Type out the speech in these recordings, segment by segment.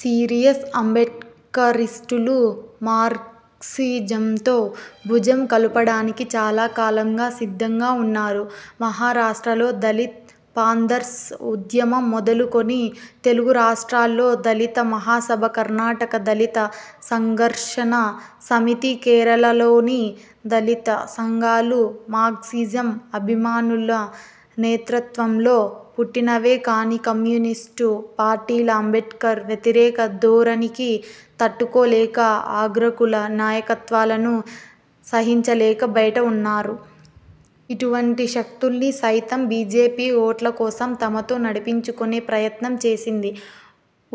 Serious అంబేడ్కరిస్టులు మార్క్సిజంతో భుజం కలుపడానికి చాలా కాలంగా సిద్ధంగా ఉన్నారు. మహారాష్ట్రలో దళిత్ పాంథర్స్ ఉద్యమం మొదలుకొని, తెలుగు రాష్ట్రాల్లో దళిత మహాసభ, కర్ణాటక దళిత సంఘర్షణ సమితి, కేరళలోని దళిత సంఘాలు మార్క్సిజం అభిమానుల నేతృత్వంలో పుట్టినవే. కానీ కమ్యూనిస్టు పార్టీల అంబేడ్కర్ వ్యతిరేక ధోరణికి తట్టుకోలేక, అగ్రకుల నాయకత్వాలను సహించలేక బయట ఉన్నారు. ఇటువంటి శక్తుల్ని సైతం బీజేపీ ఓట్ల కోసం తమతో నడిపించుకునే ప్రయత్నం చేసింది.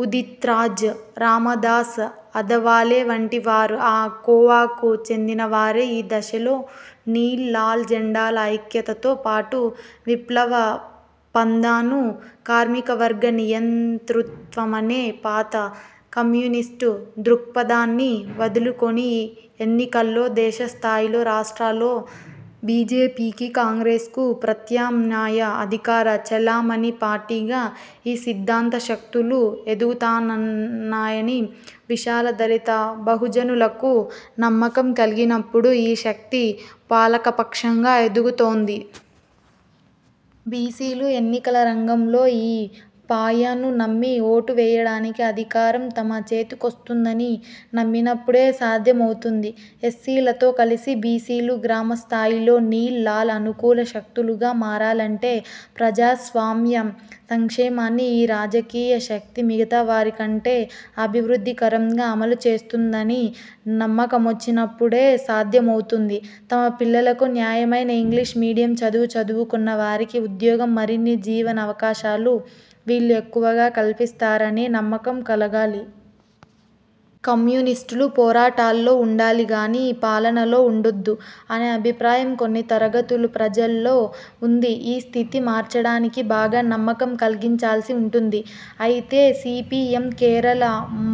ఉదిత్రాజ్, రామదాస్ అథవాలే వంటి వారు ఆ కోవకు చెందిన వారే. ఈ దశలో నీల్–లాల్ జెండాల ఐక్యతతో పాటు విప్లవ పంథాను, కార్మికవర్గ నియంతృత్వమనే పాత కమ్యూనిస్టు దృక్పథాన్ని వదులుకొని ఎన్నికల్లో దేశ స్థాయిలో, రాష్ర్టాల్లో బీజేపీకి, కాంగ్రెస్కు ప్రత్యామ్నాయ అధికార చలామణి పార్టీగా ఈ సిద్ధాంత శక్తులు ఎదుగుతున్నాయని విశాల దళిత బహుజనులకు నమ్మకం కలిగినప్పుడు ఈ శక్తి పాలకపక్షంగా ఎదుగుతుంది. బీసీలు ఎన్నికల రంగంలో ఈ పాయను నమ్మి ఓటు వేయడానికి అధికారం తమ చేతికొస్తుందని నమ్మినప్పుడే సాధ్యమవుతుంది. ఎస్సీలతో కలిసి బీసీలు గ్రామస్థాయిలో నీల్–లాల్ అనుకూల శక్తులుగా మారాలంటే ప్రజాస్వామ్య సంక్షేమాన్ని ఈ రాజకీయ శక్తి మిగతా వారికంటే అభివృద్ధికరంగా అమలుచేస్తుందని నమ్మకమొచ్చినప్పుడే సాధ్యమౌతుంది. తమ పిల్లలకు నాణ్యమైన ఇంగ్లీష్ మీడియం చదువు, చదువుకున్న వారికి ఉద్యోగం, మరిన్ని జీవన అవకాశాలు వీళ్ళు ఎక్కువగా కల్పిస్తారనే నమ్మకం కలగాలి. కమ్యూనిస్టులు పోరాటాల్లో ఉండాలి గానీ పాలనలో ఉండొద్దు అనే అభిప్రాయం కొన్ని తరగతుల ప్రజల్లో ఉంది. ఈ స్థితి మార్చడానికి బాగా నమ్మకం కలిగించాల్సి ఉంటుంది. అయితే సీపీఎం కేరళ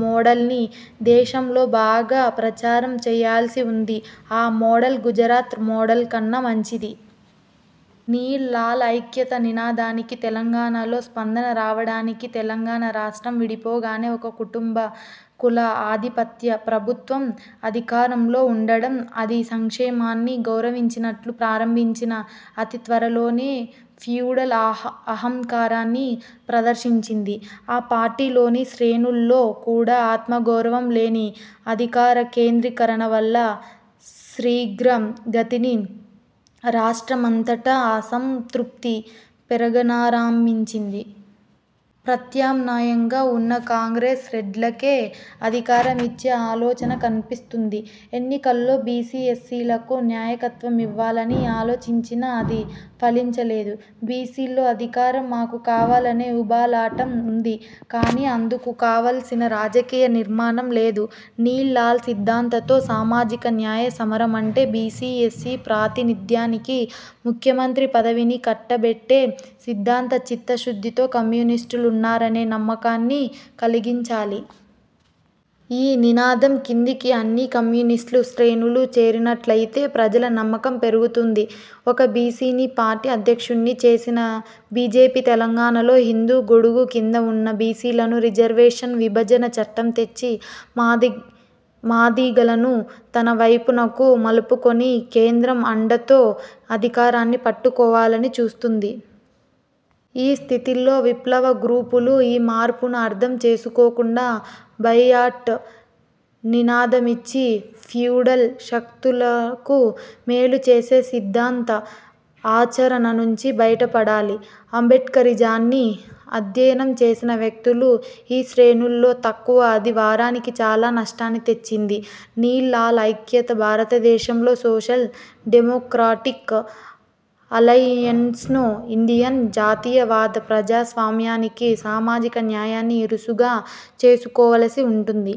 మోడల్ని దేశంలో బాగా ప్రచారం చెయ్యాల్సి ఉంది. ఆ మోడల్ గుజరాత్ మోడల్ కన్నా మంచిది. నీల్–లాల్ ఐక్యత నినాదానికి తెలంగాణలో స్పందన రావడానికి తెలంగాణ రాష్ట్రం విడిపోగానే ఒక కుటుంబ, కుల ఆధిపత్య ప్రభుత్వం అధికారంలో ఉండడం. అది సంక్షేమాన్ని గౌరవించినట్టు ప్రారంభించినా, అతి త్వరలోనే ఫ్యూడల్ అహంకారాన్ని ప్రదర్శించింది. ఆ పార్టీలోని శ్రేణుల్లో కూడా ఆత్మగౌరవం లేని అధికార కేంద్రీకరణ వల్ల శీఘ్రగతిన రాష్ట్రమంతటా అసంతృప్తి పెరగనారంభించింది. ప్రత్యామ్నాయంగా ఉన్న కాంగ్రెస్ రెడ్లకే అధికారమిచ్చే ఆలోచన కనిపిస్తుంది. ఎన్నికల్లో బీసీ, ఎస్సీలకు నాయకత్వమివ్వాలని ఆలోచించినా అది ఫలించలేదు. బీసీల్లో అధికారం మాకు కావాలనే ఉబలాటం ఉంది కానీ అందుకు కావలసిన రాజకీయ నిర్మాణం లేదు. నీల్–లాల్ సిద్ధాంతంతో సామాజిక న్యాయ సమరమంటే బీసీ, ఎస్సీ ప్రాతినిధ్యానికి ముఖ్యమంత్రి పదవిని కట్టబెట్టే సిద్ధాంత చిత్తశుద్ధితో కమ్యూనిస్టులున్నారనే నమ్మకాన్ని కలిగించాలి. ఈ నినాదం కిందికి అన్ని కమ్యూనిస్టు శ్రేణులు చేరినట్లయితే ప్రజల నమ్మకం పెరుగుతుంది. ఒక బీసీని పార్టీ అధ్యక్షుణ్ణి చేసిన బీజేపీ తెలంగాణలో హిందూ గొడుగు కింద ఉన్న బీసీలను, రిజర్వేషన్ విభజన చట్టం తెచ్చి మాదిగలను తన వైపునకు మలుపుకొని, కేంద్రం అండతో అధికారాన్ని పట్టుకోవాలని చూస్తుంది. ఈ స్థితిలో విప్లవ గ్రూపులు ఈ మార్పును అర్థం చేసుకోకుండా బాయ్కాట్ నినాదమిచ్చి ఫ్యూడల్ శక్తులకు మేలుచేసే సిద్ధాంత ఆచరణ నుంచి బయటపడాలి. అంబేడ్కరిజాన్ని అధ్యయనం చేసిన వ్యక్తులు ఈ శ్రేణుల్లో తక్కువ. అది వారికి చాలా నష్టాన్ని తెచ్చింది. నీల్–లాల్ ఐక్యత, భారతదేశంలో సోషల్ డెమోక్రాటిక్ అలయెన్స్ను ఇండియన్ జాతీయవాద ప్రజాస్వామ్యానికి సామాజిక న్యాయాన్ని ఇరుసుగా చేసుకోవలసి ఉంటుంది.